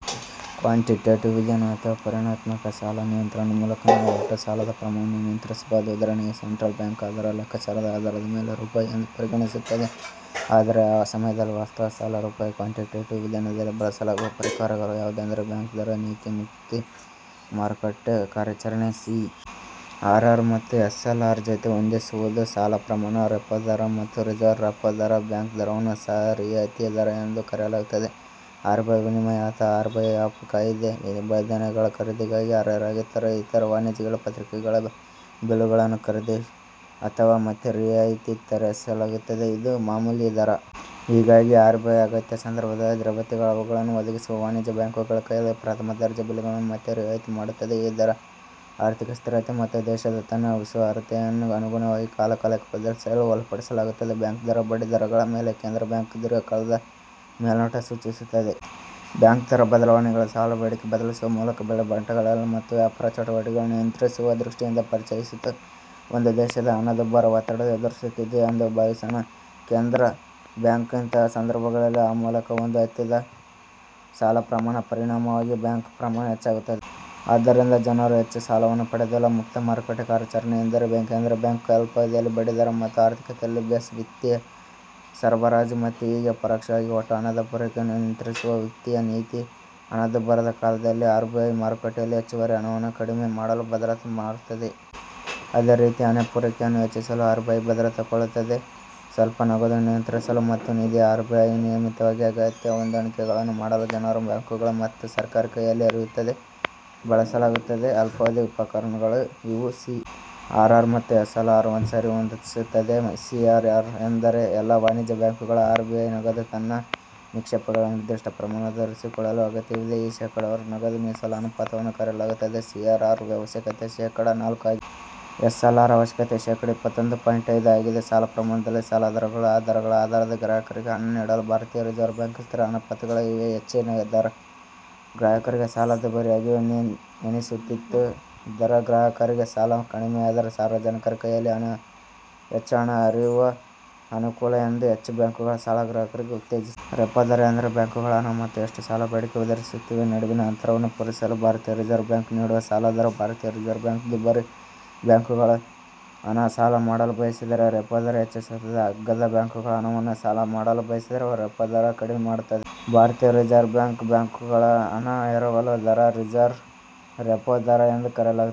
Quantitative ವಿಧಾನ ಅಥವ ಪರಿಮಾಣಾತ್ಮಕ ಸಾಲ ನಿಯಂತ್ರಣ ಮೂಲಕ ನಾವು ಒಟ್ಟು ಸಾಲದ ಪ್ರಮಾಣವನ್ನು ನಿಯಂತ್ರಿಸಬಹುದು. ಉದಾಹರಣೆಗೆ ಸೆಂಟ್ರಲ್ ಬ್ಯಾಂಕ್, ಅದರ ಲೆಕ್ಕಾಚಾರದ ಆಧಾರದ ಮೇಲೆ ರೂಪಾಯಿ ಎಂದು ಪರಿಗಣಿಸುತ್ತದೆ. ಆದರೆ ಆ ಸಮಯದಲ್ಲಿ ವಾಸ್ತವ ಸಾಲ ರೂಪಾಯಿ ಕ್ವಾಂಟಿಟೇಟಿವ್ ವಿಧಾನದಲ್ಲಿ ಬಳಸಲಾಗುವ ಪರಿಕರಗಳು ಯಾವುದೆಂದರೆ ಬ್ಯಾಂಕ್ ದರ ನೀತಿ, ಮುಕ್ತ ಮಾರುಕಟ್ಟೆ ಕಾರ್ಯಾಚರಣೆ, ಸಿ. ಆರ್. ಆರ್ ಮತ್ತು ಎಸ್. ಎಲ್. ಆರ್ ಜೊತೆ ಹೊಂದಿಸುವುದು, ಸಾಲ ಪ್ರಮಾಣ, ರೆಪೋ ದರ, ಮಾತ್ತು ರಿವರ್ಸ್ ರೆಪೋ ದರ. ಬ್ಯಾಂಕ್ ದರವನ್ನು ಸಹ ರಿಯಾಯಿತಿ ದರ ಎಂದು ಕರೆಯಲಾಗುತ್ತದೆ. ಆರ್ ಬಿ ಐ ವಿನಿಮಯ ಅಥವಾ ಆರ್ ಬಿ ಐ ಆಫ್ ಕಾಯಿದೆಯ ನಿಬಂಧನೆಗಳ ಖರೀದಿಗಾಗಿ ಅರ್ಹರಾಗಿರುತ್ತಾರೆ ಇತರ ವಾಣಿಜ್ಯ ಪತ್ರಿಕೆಗಳ ಬಿಲ್ಲುಗಳನ್ನು ಖರೀದಿ ಅಥವಾ ಮತ್ತೆ ರಿಯಾಯಿತಿ ತಯಾರಿಸಲಾಗುತ್ತದೆ ಇದು ಮಾಮೂಲಿ ದರ. ಹೀಗಾಗಿ ಆರ್ ಬಿ ಐ ಅಗತ್ಯ ಸಂದರ್ಭದಲ್ಲಿ ದ್ರವ್ಯತೆ ಅವುಗಳನ್ನು ಒದಗಿಸುವ ವಾಣಿಜ್ಯ ಬ್ಯಾಂಕುಗಳ ಕೈಯಲ್ಲಿ ಪ್ರಥಮ ದರ್ಜೆ ಬಿಲ್ಲುಗಳನ್ನು ಮತ್ತೆ ರಿಯಾಯಿತಿ ಮಾಡುತ್ತದೆ. ಈ ದರ ಆರ್ಥಿಕ ಸ್ಥಿರತೆ ಮತ್ತು ದೇಶದ ತನ್ನ ವಿಶ್ವಾಸಾರ್ಹತೆಯನ್ನು ಅನುಗುಣವಾಗಿ ಕಾಲಕಾಲಕ್ಕೆ ಬದಲಾಯಿಸಲು ಒಳಪಡಿಸಲಾಗುತ್ತದೆ. ಬ್ಯಾಂಕ್ ದರ ಬಡ್ಡಿದರಗಳ ಮೇಲೆ ಕೇಂದ್ರ ಬ್ಯಾಂಕ್ ದೀರ್ಘಕಾಲದ ಮೇಲ್ನೋಟ ಸೂಚಿಸುತ್ತದೆ. ಬ್ಯಾಂಕ್ ದರ ಬದಲಾವಣೆಗಳು ಸಾಲ ಬೇಡಿಕೆ ಬದಲಿಸುವ ಮೂಲಕ, ಬೆಲೆ ಮಟ್ಟಗಳಲ್ಲಿ ಮತ್ತು ವ್ಯಾಪಾರ ಚಟುವಟಿಕೆಗಳನ್ನು ನಿಯಂತ್ರಿಸುವ ದೃಷ್ಟಿಯಿಂದ ಪರಿಚಯಿಸಿತು. ಒಂದು ದೇಶದ ಹಣದುಬ್ಬರದ ಒತ್ತಡದ ಎದುರಿಸುತ್ತಿದೆ ಭಾವಿಸೋಣ. ಕೇಂದ್ರ ಬ್ಯಾಂಕ್, ಇಂತಹ ಸಂದರ್ಭಗಳಲ್ಲಿ ಆ ಮೂಲಕ ಒಂದು ಹತ್ತಿದ ಸಾಲ ಪ್ರಮಾಣ ಪರಿಣಾಮವಾಗಿ ಬ್ಯಾಂಕ್ ಪ್ರಮಾಣ ಹೆಚ್ಚಾಗುತ್ತದೆ. ಆದರಿಂದ ಜನರು ಹೆಚ್ಚು ಸಾಲವನ್ನು ಪಡೆಯುವುದಿಲ್ಲ. ಮುಕ್ತ ಮಾರುಕಟ್ಟೆ ಕಾರ್ಯಾಚರಣೆ ಇಂದರೆ ಕೇಂದ್ರ ಬ್ಯಾಂಕ್ ಅಲ್ಪಾವಧಿಯಲ್ಲಿ ಬಡ್ಡಿದರ ಮತ್ತು ಆರ್ಥಿಕತೆಯಲ್ಲಿ ಬೇಸ್ ವಿತ್ತೀಯ ಸರಬರಾಜು ಮತ್ತು ಹೀಗೆ ಪರೋಕ್ಷವಾಗಿ ಒಟ್ಟು ಹಣದ ಪೂರೈಕೆಯನ್ನು ನಿಯಂತ್ರಿಸುವ ವಿತ್ತೀಯ ನೀತಿ. ಹಣದುಬ್ಬರದ ಕಾಲದಲ್ಲಿ ಆರ್ ಬಿ ಐ ಮಾರುಕಟ್ಟೆಯಲ್ಲಿ ಹೆಚ್ಚುವರಿ ಹಣವನ್ನು ಕಡಿಮೆ ಮಾಡಲು ಭದ್ರತಾ ಮಾರುತ್ತದೆ. ಅದೇ ರೀತಿ, ಹಣ ಪೂರೈಕೆಯನ್ನು ಹೆಚ್ಚಿಸಲು ಆರ್ ಬಿ ಐ ಭದ್ರತಾ ಕೊಳ್ಳುತ್ತವೆ. ಸ್ವಲ್ಪ ನಗದು ನಿಯಂತ್ರಿಸಲು ಮತ್ತು ನಿಧಿ ಆರ್ ಬಿ ಐ ನಿಯಮಿತವಾಗಿ ಅಗತ್ಯ ಹೊಂದಾಣಿಕೆಗಳನ್ನು ಮಾಡಲು ಜನರು, ಬ್ಯಾಂಕುಗಳು ಮತ್ತು ಸರ್ಕಾರಿ ಕೈಯಲ್ಲಿ ಹರಿಯುತ್ತದೆ ಬಳಸಲಾಗುತ್ತದೆ ಅಲ್ಪಾವಧಿ ಉಪಕರಣಗಳು ಇವು ಸಿ. ಆರ್. ಆರ್ ಮತ್ತು ಎಸ್ ಎಲ್ ಆರ್ ಸರಿಹೊಂದಿಸಿತ್ತದೆ. ಸಿ. ಆರ್. ಆರ್ ಎಂದರೆ ಎಲ್ಲಾ ವಾಣಿಜ್ಯ ಬ್ಯಾಂಕುಗಳು ಆರ್ ಬಿ ಐ ನಗದು ತನ್ನ ನಿಕ್ಷೇಪಗಳ ನಿರ್ದಿಷ್ಟ ಪ್ರಮಾಣದ ಇರಿಸಿಕೊಳ್ಳಲು ಅಗತ್ಯವಿದೆ. ಈ ಶೇಕಡಾವಾರು ನಗದು ಮೀಸಲು ಅನುಪಾತವನ್ನು ಕರೆಯಲಾಗುತ್ತದೆ. ಸಿ. ಆರ್. ಆರ್ ಅವಶ್ಯಕತೆ ಶೇಕಡಾ ನಾಲ್ಕು ಆಗಿದೆ. ಎಸ್ ಎಲ್ ಆರ್ ಅವಶ್ಯಕತೆ ಶೇಕಡಾ ಇಪ್ಪತ್ತೊಂದು ಪಾಯಿಂಟ್ ಐದು ಆಗಿದೆ. ಸಾಲ ಪ್ರಮಾಣದಲ್ಲಿ ಸಾಲ ದರಗಳು ಆ ದರಗಳ ಆಧಾರದ ಗ್ರಾಹಕರಿಗೆ ಹಣ ನೀಡಲು ಭಾರತೀಯ ರಿಸರ್ವ್ ಬ್ಯಾಂಕ್ ಸ್ಥಿರ ಅನುಪಾತಗಳು ಇವೆ. ಹೆಚ್ಚಿನ ದರ ಗ್ರಾಹಕರಿಗೆ ಸಾಲ ದುಬಾರಿಯಾಗಿವೆ ಎನಿಸುತ್ತಿತ್ತು. ದರ ಗ್ರಾಹಕರಿಗೆ ಸಾಲ ಕಡಿಮೆಯಾದರೆ ಸಾರ್ವಜನಿಕ ಕೈಯಲ್ಲಿ ಹೆಚ್ಚು ಹಣ ಹರಿಯುವ ಅನುಕೂಲ ಎಂದು ಹೆಚ್ಚು ಬ್ಯಾಂಕುಗಳು ಸಾಲ ಗ್ರಾಹಕರಿಗೆ ಉತ್ತೇಜಿಸುತ್ತದೆ. ರೆಪೋ ದರ ಎಂದರೆ ಬ್ಯಾಂಕುಗಳು ಹಣ ಮತ್ತು ಎಷ್ಟು ಸಾಲ ಬೇಡಿಕೆ ಎದುರಿಸುತ್ತಿವೆ ನಡುವಿನ ಅಂತರವನ್ನು ಪೂರೈಸಲು ಭಾರತೀಯ ರಿಸರ್ವ್ ಬ್ಯಾಂಕ್ ನೀಡುವ ಸಾಲ ದರ. ಭಾರತೀಯ ರಿಸರ್ವ್ ಬ್ಯಾಂಕ್ ದುಬಾರಿ ಬ್ಯಾಂಕುಗಳು ಹಣ ಸಾಲ ಮಾಡಲು ಬಯಸಿದರೆ, ರೆಪೋ ದರ ಹೆಚ್ಚಿಸುತ್ತದೆ. ಅಗ್ಗದ ಬ್ಯಾಂಕುಗಳು ಹಣವನ್ನು ಸಾಲ ಮಾಡಲು ಬಯಸಿದರೆ ರೆಪೋ ದರ ಕಡಿಮೆ ಮಾಡುತ್ತದೆ. ಭಾರತೀಯ ರಿಸರ್ವ್ ಬ್ಯಾಂಕ್ ಬ್ಯಾಂಕುಗಳು ಹಣ ಎರವಲು ದರ ರಿವರ್ಸ್ ರೆಪೋ ದರ ಎಂದು ಕರೆಯಲಾಗುತ್ತದೆ.